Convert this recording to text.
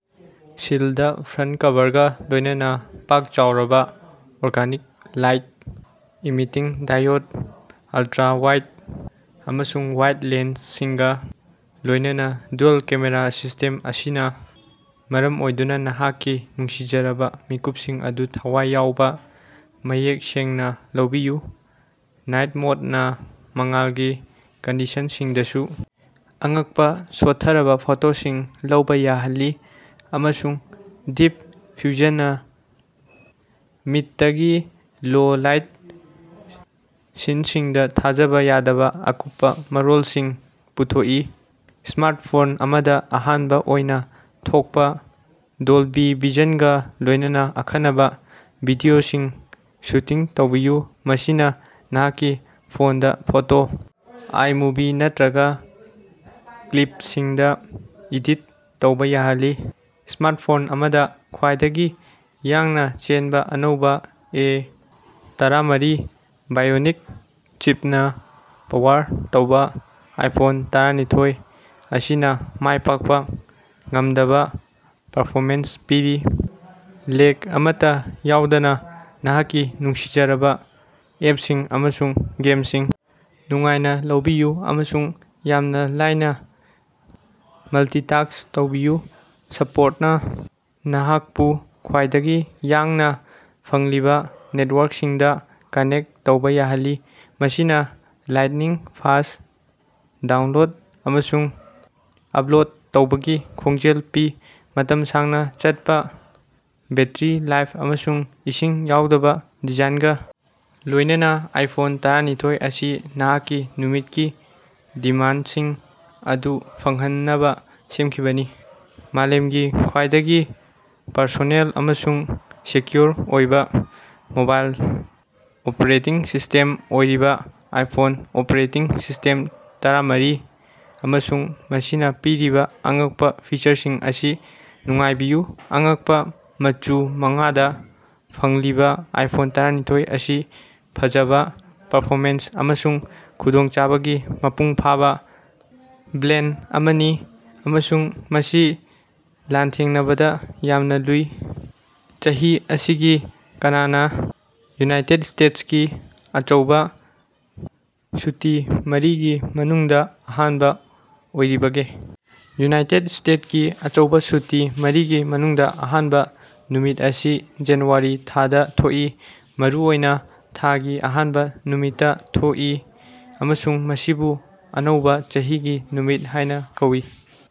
ꯁꯤꯜꯗ front ꯀꯕꯔꯒ ꯂꯣꯏꯅꯅ ꯄꯥꯛ ꯆꯥꯎꯔꯕ organic light emitting diode ultra wide ꯑꯃꯁꯨꯡ ꯋꯥꯏꯗ ꯂꯦꯟꯁꯁꯤꯡꯒ ꯂꯣꯏꯅꯅ ꯗ꯭ꯌꯨꯑꯦꯜ-ꯀꯦꯃꯦꯔꯥ ꯁꯤꯁꯇꯦꯝ ꯑꯁꯤꯅ ꯃꯔꯝ ꯑꯣꯏꯗꯨꯅ ꯅꯍꯥꯛꯀꯤ ꯅꯨꯡꯁꯤꯖꯔꯕ ꯃꯤꯀꯨꯞꯁꯤꯡ ꯑꯗꯨ ꯊꯋꯥꯏ ꯌꯥꯎꯕ ꯃꯌꯦꯛ ꯁꯦꯡꯅ ꯂꯧꯕꯤꯌꯨ꯫ ꯅꯥꯏꯠ ꯃꯣꯗꯅ ꯃꯉꯥꯜꯒꯤ ꯀꯟꯗꯤꯁꯟꯁꯤꯡꯗꯁꯨ ꯑꯉꯛꯄ ꯁꯣꯠꯊꯔꯕ ꯐꯣꯇꯣꯁꯤꯡ ꯂꯧꯕ ꯌꯥꯍꯜꯂꯤ, ꯑꯃꯁꯨꯡ ꯗꯤꯞ ꯐ꯭ꯌꯨꯖꯟꯅ ꯃꯤꯗꯇꯒꯤ ꯂꯣ ꯂꯥꯏꯠ ꯁꯤꯟꯁꯤꯡꯗ ꯊꯥꯖꯕ ꯌꯥꯗꯕ ꯑꯀꯨꯞꯄ ꯃꯔꯣꯜꯁꯤꯡ ꯄꯨꯊꯣꯛꯏ꯫ ꯁ꯭ꯃꯥꯔꯠꯐꯣꯟ ꯑꯃꯗ ꯑꯍꯥꯟꯕ ꯑꯣꯏꯅ ꯊꯣꯛꯄ ꯗꯣꯜꯕꯤ ꯚꯤꯖꯟꯒ ꯂꯣꯏꯅꯅ ꯑꯈꯟꯅꯕ ꯚꯤꯗꯤꯑꯣꯁꯤꯡ ꯁꯨꯇꯤꯡ ꯇꯧꯕꯤꯌꯨ, ꯃꯁꯤꯅ ꯅꯍꯥꯛꯀꯤ ꯐꯣꯟꯗꯥ ꯐꯣꯇꯣ, ꯑꯥꯏꯃꯨꯚꯤ, ꯅꯠꯇ꯭ꯔꯒ ꯀ꯭ꯂꯤꯞꯁꯤꯡꯗ ꯏꯗꯤꯠ ꯇꯧꯕꯥ ꯌꯥꯍꯜꯂꯤ꯫ ꯁ꯭ꯃꯥꯔꯠꯐꯣꯟ ꯑꯃꯗ ꯈ꯭ꯋꯥꯏꯗꯒꯤ ꯌꯥꯡꯅ ꯆꯦꯟꯕ ꯑꯅꯧꯕ ꯑꯦ ꯇꯔꯥꯃꯔꯤ ꯕꯥꯏꯑꯣꯅꯤꯛ ꯆꯤꯞꯅ ꯄꯋꯔ ꯇꯧꯕ ꯑꯥꯏꯐꯣꯟ ꯇꯔꯥꯅꯤꯊꫭꯏ ꯑꯁꯤꯅ ꯃꯥꯏꯄꯥꯛꯄ ꯉꯝꯗꯕꯥ ꯄꯔꯐꯣꯃꯦꯟꯁ ꯄꯤꯔꯤ꯫ ꯂꯦꯒ ꯑꯃꯠꯇꯥ ꯌꯥꯎꯗꯅ ꯅꯍꯥꯛꯀꯤ ꯅꯨꯡꯁꯤꯖꯔꯕ ꯑꯦꯞꯁꯤꯡ ꯑꯃꯁꯨꯡ ꯒꯦꯝꯁꯤꯡ ꯅꯨꯡꯉꯥꯏꯅ ꯂꯧꯕꯤꯌꯨ, ꯑꯃꯁꯨꯡ ꯌꯥꯝꯅ ꯂꯥꯏꯅ ꯃꯜꯇꯤꯇꯥꯛꯁ ꯇꯧꯕꯤꯌꯨ꯫ ꯁꯄꯣꯔꯠꯅ ꯅꯍꯥꯛꯄꯨ ꯈ꯭ꯋꯥꯏꯗꯒꯤ ꯌꯥꯡꯅ ꯐꯪꯂꯤꯕ ꯅꯦꯠꯋꯥꯔꯛꯁꯤꯡꯗ ꯀꯅꯦꯛ ꯇꯧꯕ ꯌꯥꯍꯜꯂꯤ, ꯃꯁꯤꯅ ꯂꯥꯏꯠꯅꯤꯡ-ꯐꯥꯁ ꯗꯥꯎꯟꯂꯣꯗ ꯑꯃꯁꯨꯡ ꯑꯞꯂꯣꯗ ꯇꯧꯕꯒꯤ ꯈꯣꯡꯖꯦꯜ ꯄꯤ꯫ ꯃꯇꯝ ꯁꯥꯡꯅ ꯆꯠꯄ ꯕꯦꯠꯇꯔꯤ ꯂꯥꯏꯐ ꯑꯃꯁꯨꯡ ꯏꯁꯤꯡ ꯌꯥꯎꯗꯕ ꯗꯤꯖꯥꯏꯟꯒꯥ ꯂꯣꯏꯅꯅ ꯑꯥꯏꯐꯣꯟ ꯇꯔꯥꯅꯤꯊꫭꯏ ꯑꯁꯤ ꯅꯍꯥꯛꯀꯤ ꯅꯨꯃꯤꯠꯀꯤ ꯗꯤꯃꯥꯟꯗꯁꯤꯡ ꯑꯗꯨ ꯐꯪꯍꯟꯅꯕ ꯁꯦꯝꯈꯤꯕꯅꯤ꯫ ꯃꯥꯂꯦꯝꯒꯤ ꯈ꯭ꯋꯥꯏꯗꯒꯤ ꯄꯔꯁꯣꯅꯦꯜ ꯑꯃꯁꯨꯡ ꯁꯦꯀ꯭ꯌꫭꯔ ꯑꯣꯏꯕꯥ ꯃꯣꯕꯥꯏꯜ ꯑꯣꯄꯔꯦꯇꯤꯡ ꯁꯤꯁꯇꯦꯝ ꯑꯣꯏꯔꯤꯕ ꯑꯥꯏꯐꫭꯟ ꯑꫭꯄꯔꯦꯇꯤꯡ ꯁꯤꯁꯇꯦꯝ ꯇꯔꯥꯃꯔꯤ ꯑꯃꯁꯨꯡ ꯃꯁꯤꯅ ꯄꯤꯔꯤꯕꯥ ꯑꯉꯛꯄ ꯐꯤꯆꯔꯁꯤꯡ ꯑꯁꯤ ꯅꯨꯡꯉꯥꯏꯕꯤꯌꯨ꯫ ꯑꯉꯛꯄꯥ ꯃꯆꯨ ꯃꯉꯥꯗ ꯐꯪꯂꯤꯕꯥ ꯑꯥꯏꯐꯣꯟ ꯇꯔꯥꯅꯤꯊꫭꯏ ꯑꯁꯤ ꯐꯖꯕ, ꯄꯔꯐꯣꯃꯦꯟꯁ ꯑꯃꯁꯨꯡ ꯈꯨꯗꯣꯡꯆꯥꯕꯒꯤ ꯃꯄꯨꯡ ꯐꯥꯕꯥ ꯕ꯭ꯂꯦꯟꯗ ꯑꯃꯅꯤ ꯑꯃꯁꯨꯡ ꯃꯁꯤ ꯂꯥꯟꯊꯦꯡꯅꯕꯗ ꯌꯥꯝꯅ ꯂꯨꯏ꯫ ꯆꯍꯤ ꯑꯁꯤꯒꯤ ꯀꯅꯥꯅ ꯌꯨꯅꯥꯏꯇꯦꯠ ꯁ꯭ꯇꯦꯠꯀꯤ ꯑꯆꯧꯕ ꯁꯨꯇꯤ ꯃꯔꯤꯒꯤ ꯃꯅꯨꯡꯗꯥ ꯑꯍꯥꯟꯕꯥ ꯑꯣꯏꯔꯤꯕꯒꯦ? ꯌꯨꯅꯥꯏꯇꯦꯠ ꯁ꯭ꯇꯦꯠꯀꯤ ꯑꯆꯧꯕꯥ ꯁꯨꯇꯤ ꯃꯔꯤꯒꯤ ꯃꯅꯨꯡꯗ ꯑꯍꯥꯟꯕ ꯅꯨꯃꯤꯠ ꯑꯁꯤ ꯖꯅꯨꯋꯥꯔꯤ ꯊꯥꯗ ꯊꯣꯛꯏ, ꯃꯔꯨꯑꯣꯏꯅ ꯊꯥꯒꯤ ꯑꯍꯥꯟꯕ ꯅꯨꯃꯤꯠꯇꯥ ꯊꯣꯛꯏ ꯑꯃꯁꯨꯡ ꯃꯁꯤꯕꯨ ꯑꯅꯧꯕ ꯆꯍꯤꯒꯤ ꯅꯨꯃꯤꯠ ꯍꯥꯏꯅ ꯀꯧꯏ꯫